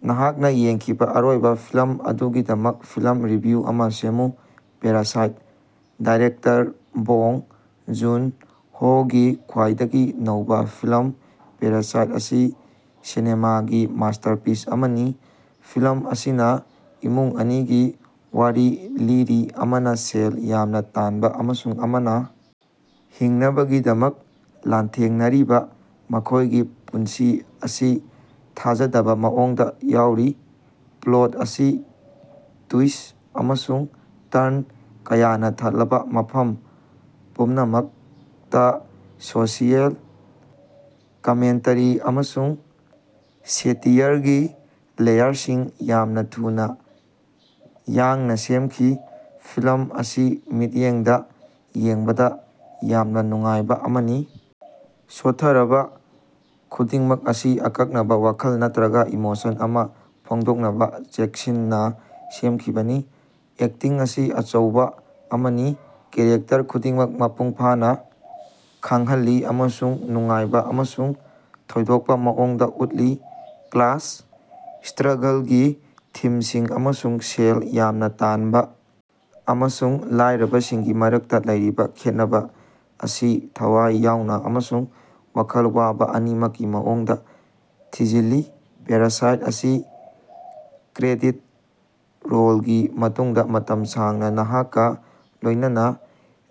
ꯅꯍꯥꯛꯅꯥ ꯌꯦꯡꯈꯤꯕꯥ ꯑꯔꯣꯏꯕꯥ ꯐꯤꯂꯝ ꯑꯗꯨꯒꯤꯗꯃꯛ ꯐꯤꯂꯝ ꯔꯤꯚꯤꯌꯨ ꯑꯃꯥ ꯁꯦꯝꯃꯨ꯫ ꯄꯦꯔꯥꯁꯥꯏꯠ꯫ ꯗꯥꯏꯔꯦꯛꯇꯔ ꯕꯣꯡ ꯖꯨꯟ-ꯍꯣꯒꯤ ꯈ꯭ꯋꯥꯏꯗꯒꯤ ꯅꯧꯕꯥ ꯐꯤꯂꯝ ꯄꯦꯔꯥꯁꯥꯏꯠ ꯑꯁꯤ ꯁꯤꯅꯦꯃꯥꯒꯤ ꯃꯥꯁ꯭ꯇꯔꯄꯤꯁ ꯑꯃꯅꯤ꯫ ꯐꯤꯂꯝ ꯑꯁꯤꯅ ꯏꯃꯨꯡ ꯑꯅꯤꯒꯤ ꯋꯥꯔꯤ ꯂꯤꯔꯤ ꯑꯃꯅ ꯁꯦꯜ ꯌꯥꯝꯅ ꯇꯥꯟꯕ ꯑꯃꯁꯨꯡ ꯑꯃꯅ ꯍꯤꯡꯅꯕꯒꯤꯗꯃꯛ ꯂꯥꯟꯊꯦꯡꯅꯔꯤꯕ ꯃꯈꯣꯢꯒꯤ ꯄꯨꯟꯁꯤ ꯑꯁꯤ ꯊꯥꯖꯗꯕ ꯃꯑꯣꯡꯗ ꯌꯥꯎꯔꯤ꯫ ꯄ꯭ꯂꯣꯠ ꯑꯁꯤ ꯇ꯭ꯌꯨꯏꯁ ꯑꯃꯁꯨꯡ ꯇꯔꯟ ꯀꯌꯥꯅ ꯊꯜꯂꯕ ꯃꯐꯝ ꯄꯨꯝꯅꯃꯛꯇ ꯁꯣꯁꯤꯌꯦꯜ ꯀꯃꯦꯟꯇꯔꯤ ꯑꯃꯁꯨꯡ ꯁꯦꯇꯤꯌꯔꯒꯤ ꯂꯦꯌꯔꯁꯤꯡ ꯌꯥꯝꯅꯥ ꯊꯨꯅꯥ ꯌꯥꯡꯅꯥ ꯁꯦꯝꯈꯤ꯫ ꯐꯤꯂꯝ ꯑꯁꯤ ꯃꯤꯠꯌꯦꯡꯗ ꯌꯦꯡꯕꯗ ꯌꯥꯝꯅ ꯅꯨꯡꯉꯥꯏꯕ ꯑꯃꯅꯤ ꯁꯣꯠꯊꯔꯕ ꯈꯨꯗꯤꯡꯃꯛ ꯑꯁꯤ ꯑꯀꯛꯅꯕ ꯋꯥꯈꯜ ꯅꯠꯇ꯭ꯔꯒ ꯏꯃꯣꯁꯟ ꯑꯃ ꯐꯣꯡꯗꯣꯛꯅꯕ ꯆꯦꯛꯁꯤꯟꯅꯥ ꯁꯦꯝꯈꯤꯕꯅꯤ꯫ ꯑꯦꯛꯇꯤꯡ ꯑꯁꯤ ꯑꯆꯧꯕꯥ ꯑꯃꯅꯤ ꯀꯦꯔꯦꯛꯇꯔ ꯈꯨꯗꯤꯡꯃꯛ ꯃꯄꯨꯡ ꯐꯥꯅ ꯈꯪꯍꯜꯂꯤ ꯑꯃꯁꯨꯡ ꯅꯨꯡꯉꯥꯏꯕ ꯑꯃꯁꯨꯡ ꯊꯣꯏꯗꯣꯛꯄ ꯃꯑꯣꯡꯗ ꯎꯠꯂꯤ꯫ ꯀ꯭ꯂꯥꯁ ꯁ꯭ꯠꯔꯒꯂꯒꯤ ꯊꯤꯝꯁꯤꯡ ꯑꯃꯁꯨꯡ ꯁꯦꯜ ꯌꯥꯝꯅ ꯇꯥꯟꯕꯥ ꯑꯃꯁꯨꯡ ꯂꯥꯢꯔꯕꯁꯤꯡꯒꯤ ꯃꯔꯛꯇ ꯂꯩꯔꯤꯕ ꯈꯦꯠꯅꯕ ꯑꯁꯤ ꯊꯋꯥꯏ ꯌꯥꯎꯕ ꯑꯃꯁꯨꯡ ꯋꯥꯈꯜ ꯋꯥꯕ ꯑꯅꯤꯃꯛꯀꯤ ꯃꯑꯣꯡꯗ ꯊꯤꯖꯤꯜꯂꯤ꯫ ꯄꯦꯔꯥꯁꯥꯏꯠ ꯑꯁꯤ ꯀ꯭ꯔꯦꯗꯤꯠ ꯔꯣꯜꯒꯤ ꯃꯇꯨꯡꯗ ꯃꯇꯝ ꯁꯥꯡꯅ ꯅꯍꯥꯛꯀ ꯂꯣꯢꯅꯅꯥ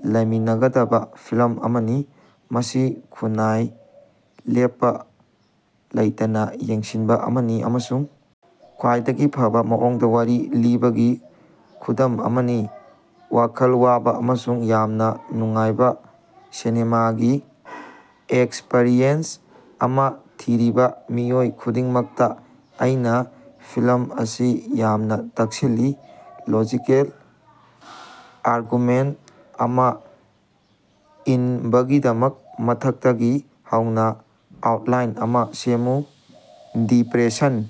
ꯂꯩꯃꯤꯟꯅꯒꯗꯕꯥ ꯐꯤꯂꯝ ꯑꯃꯅꯤ꯫ ꯃꯁꯤ ꯈꯨꯟꯅꯥꯏ ꯂꯦꯞꯄꯥ ꯂꯩꯇꯅꯥ ꯌꯦꯡꯁꯤꯟꯕ ꯑꯃꯅꯤ ꯑꯃꯁꯨꯡ ꯈ꯭ꯋꯥꯏꯗꯒꯤ ꯐꯕ ꯃꯑꯣꯡꯗ ꯋꯥꯔꯤ ꯂꯤꯕꯒꯤ ꯈꯨꯗꯝ ꯑꯃꯅꯤ꯫ ꯋꯥꯈꯜ ꯋꯥꯕ ꯑꯃꯁꯨꯡ ꯌꯥꯝꯅ ꯅꯨꯡꯉꯥꯏꯕ ꯁꯤꯅꯦꯃꯥꯒꯤ ꯑꯦꯛꯁꯄꯔꯤꯌꯦꯟꯁ ꯑꯃ ꯊꯤꯔꯤꯕꯥ ꯃꯤꯑꯣꯏ ꯈꯨꯗꯤꯡꯃꯛꯇ ꯑꯩꯅꯥ ꯐꯤꯂꯝ ꯑꯁꯤ ꯌꯥꯝꯅ ꯇꯛꯁꯤꯜꯂꯤ꯫ ꯂꯣꯖꯤꯀꯦꯜ ꯑꯥꯔꯒꯨꯃꯦꯟꯇ ꯑꯃ ꯏꯟꯕꯒꯤꯗꯃꯛ ꯃꯊꯛꯇꯒꯤ ꯍꯧꯅꯥ ꯑꯥꯎꯇꯂꯥꯏꯟ ꯑꯃꯥ ꯁꯦꯝꯃꯨ꯫ ꯗꯤꯄ꯭ꯔꯦꯁꯟ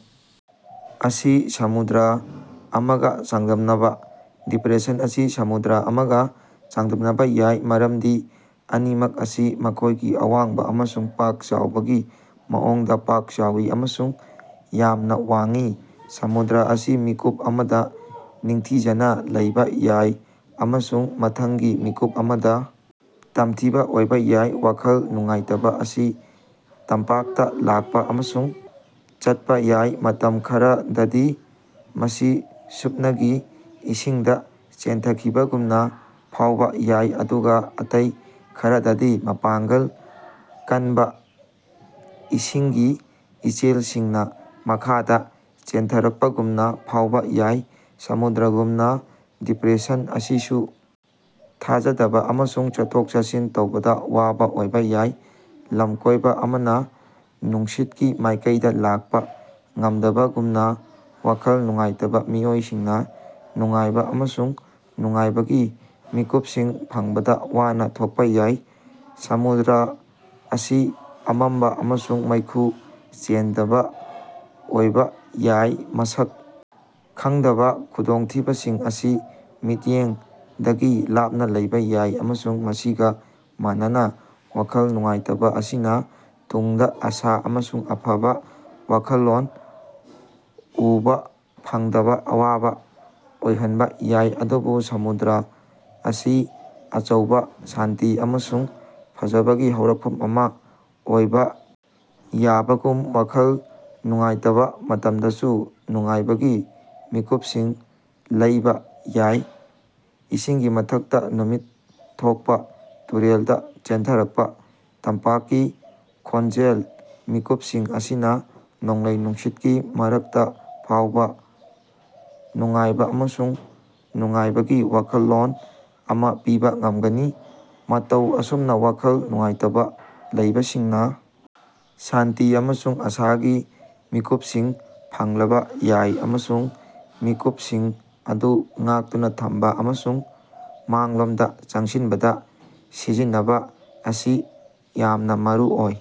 ꯑꯁꯤ ꯁꯃꯨꯗ꯭ꯔ ꯑꯃꯒ ꯆꯥꯡꯗꯝꯅꯕꯥ꯫ ꯗꯤꯄ꯭ꯔꯦꯁꯟ ꯑꯁꯤ ꯁꯃꯨꯗ꯭ꯔ ꯑꯃꯒ ꯆꯥꯡꯗꯝꯅꯕꯥ ꯌꯥꯏ ꯃꯔꯝꯗꯤ ꯑꯅꯤꯃꯛ ꯑꯁꯤ ꯃꯈꯣꯢꯒꯤ ꯑꯋꯥꯡꯕꯥ ꯑꯃꯁꯨꯡ ꯄꯥꯛ-ꯆꯥꯎꯕꯒꯤ ꯃꯑꯣꯡꯗ ꯄꯥꯛ-ꯆꯥꯎꯏ ꯑꯃꯁꯨꯡ ꯌꯥꯝꯅꯥ ꯋꯥꯡꯏ꯫ ꯁꯃꯨꯗ꯭ꯔ ꯑꯁꯤ ꯃꯤꯀꯨꯞ ꯑꯃꯗ ꯅꯤꯡꯊꯤꯖꯅ ꯂꯩꯕꯥ ꯌꯥꯏ ꯑꯃꯁꯨꯡ ꯃꯊꯪꯒꯤ ꯃꯤꯀꯨꯞ ꯑꯃꯗꯥ ꯇꯝꯊꯤꯕ ꯑꯣꯏꯕꯥ ꯌꯥꯏ ꯋꯥꯈꯜ ꯅꯨꯡꯉꯥꯏꯇꯕ ꯑꯁꯤ ꯇꯝꯄꯥꯛꯇ ꯂꯥꯛꯄ ꯑꯃꯁꯨꯡ ꯆꯠꯄꯥ ꯌꯥꯏ꯫ ꯃꯇꯝ ꯈꯔꯗꯗꯤ ꯃꯁꯤ ꯁꯨꯞꯅꯒꯤ ꯏꯁꯤꯡꯗ ꯆꯦꯟꯊꯈꯤꯕꯒꯨꯝꯅ ꯐꯥꯎꯕ ꯌꯥꯏ ꯑꯗꯨꯒ ꯑꯇꯩ ꯈꯔꯗꯗꯤ ꯃꯄꯥꯡꯒꯜ ꯀꯟꯕ ꯏꯁꯤꯡꯒꯤ ꯏꯆꯦꯜꯁꯤꯡꯅ ꯃꯈꯥꯗ ꯆꯦꯟꯊꯔꯛꯄꯒꯨꯝꯅ ꯐꯥꯎꯕ ꯌꯥꯏ꯫ ꯁꯃꯨꯗ꯭ꯔꯒꯨꯝꯅ ꯗꯤꯄ꯭ꯔꯦꯁꯟ ꯑꯁꯤꯁꯨ ꯊꯥꯖꯗꯕ ꯑꯃꯁꯨꯡ ꯆꯠꯊꯣꯛ-ꯆꯠꯁꯤꯟ ꯇꯧꯕꯗ ꯋꯥꯕ ꯑꯣꯏꯕꯥ ꯌꯥꯏ꯫ ꯂꯝꯀꯣꯢꯕ ꯑꯃꯅ ꯅꯨꯡꯁꯤꯠꯀꯤ ꯃꯥꯏꯀꯩꯗ ꯂꯥꯛꯄ ꯉꯝꯗꯕꯒꯨꯝꯅ ꯋꯥꯈꯜ ꯅꯨꯡꯉꯥꯏꯇꯕ ꯃꯤꯑꯣꯏꯁꯤꯡꯅ ꯅꯨꯡꯉꯥꯏꯕ ꯑꯃꯁꯨꯡ ꯅꯨꯡꯉꯥꯏꯕꯒꯤ ꯃꯤꯀꯨꯞꯁꯤꯡ ꯐꯪꯕꯗ ꯋꯥꯅ ꯊꯣꯛꯄꯥ ꯌꯥꯏ꯫ ꯁꯃꯨꯗ꯭ꯔ ꯑꯁꯤ ꯑꯃꯝꯕ ꯑꯃꯁꯨꯡ ꯃꯩꯈꯨ ꯆꯦꯟꯗꯕ ꯑꯣꯏꯕꯥ ꯌꯥꯏ ꯃꯁꯛ ꯈꯪꯗꯕꯥ ꯈꯨꯗꯣꯡꯊꯤꯕꯁꯤꯡ ꯑꯁꯤ ꯃꯤꯠꯌꯦꯡꯗꯒꯤ ꯂꯥꯞꯅꯥ ꯂꯩꯕꯥ ꯌꯥꯏ ꯑꯃꯁꯨꯡ ꯃꯁꯤꯒꯥ ꯃꯥꯟꯅꯅ ꯋꯥꯈꯜ ꯅꯨꯡꯉꯥꯏꯇꯕꯥ ꯑꯁꯤꯅꯥ ꯇꯨꯡꯗꯥ ꯑꯥꯁꯥ ꯑꯃꯁꯨꯡ ꯑꯐꯕ ꯋꯥꯈꯜꯂꯣꯟ ꯎꯕꯥ ꯐꯪꯕꯗ ꯑꯋꯥꯕ ꯑꯣꯏꯍꯟꯕ ꯌꯥꯏ꯫ ꯑꯗꯨꯕꯨ ꯁꯃꯨꯗ꯭ꯔ ꯑꯁꯤ ꯑꯆꯧꯕ ꯁꯥꯟꯇꯤ ꯑꯃꯁꯨꯡ ꯐꯖꯕꯒꯤ ꯍꯧꯔꯛꯐꯝ ꯑꯃ ꯑꯣꯏꯕ ꯌꯥꯕꯒꯨꯝ ꯋꯥꯈꯜ ꯅꯨꯡꯉꯥꯏꯇꯕ ꯃꯇꯝꯗꯁꯨ ꯅꯨꯡꯉꯥꯏꯕꯒꯤ ꯃꯤꯀꯨꯞꯁꯤꯡ ꯂꯩꯕꯥ ꯌꯥꯏ꯫ ꯏꯁꯤꯡꯒꯤ ꯃꯊꯛꯇ ꯅꯨꯃꯤꯠ ꯊꯣꯛꯄꯥ ꯇꯨꯔꯦꯜꯗ ꯆꯦꯟꯊꯔꯛꯄ ꯇꯝꯄꯥꯛꯀꯤ ꯈꯣꯟꯖꯦꯜ- ꯃꯤꯀꯨꯞꯁꯤꯡ ꯑꯁꯤꯅ ꯅꯣꯡꯂꯩ-ꯅꯨꯡꯁꯤꯠꯀꯤ ꯃꯔꯛꯇ ꯐꯥꯎꯕ ꯅꯨꯡꯉꯥꯏꯕ ꯑꯃꯁꯨꯡ ꯅꯨꯡꯉꯥꯏꯕꯒꯤ ꯋꯥꯈꯜꯂꯣꯟ ꯑꯃꯥ ꯄꯤꯕꯥ ꯉꯝꯒꯅꯤ꯫ ꯃꯇꯧ ꯑꯁꯨꯝꯅꯥ ꯋꯥꯈꯜ ꯅꯨꯡꯉꯥꯏꯇꯕꯥ ꯂꯩꯕꯁꯤꯡꯅꯥ ꯁꯥꯟꯇꯤ ꯑꯃꯁꯨꯡ ꯑꯥꯁꯥꯒꯤ ꯃꯤꯀꯨꯞꯁꯤꯡ ꯐꯪꯂꯕꯥ ꯌꯥꯏ ꯑꯃꯁꯨꯡ ꯃꯤꯀꯨꯞꯁꯤꯡ ꯑꯗꯨ ꯉꯥꯛꯇꯨꯅ ꯊꯝꯕ ꯑꯃꯁꯨꯡ ꯃꯥꯡꯂꯣꯝꯗꯥ ꯆꯪꯁꯤꯟꯕꯗ ꯁꯤꯖꯤꯟꯅꯕ ꯑꯁꯤ ꯌꯥꯝꯅ ꯃꯔꯨꯑꯣꯏ꯫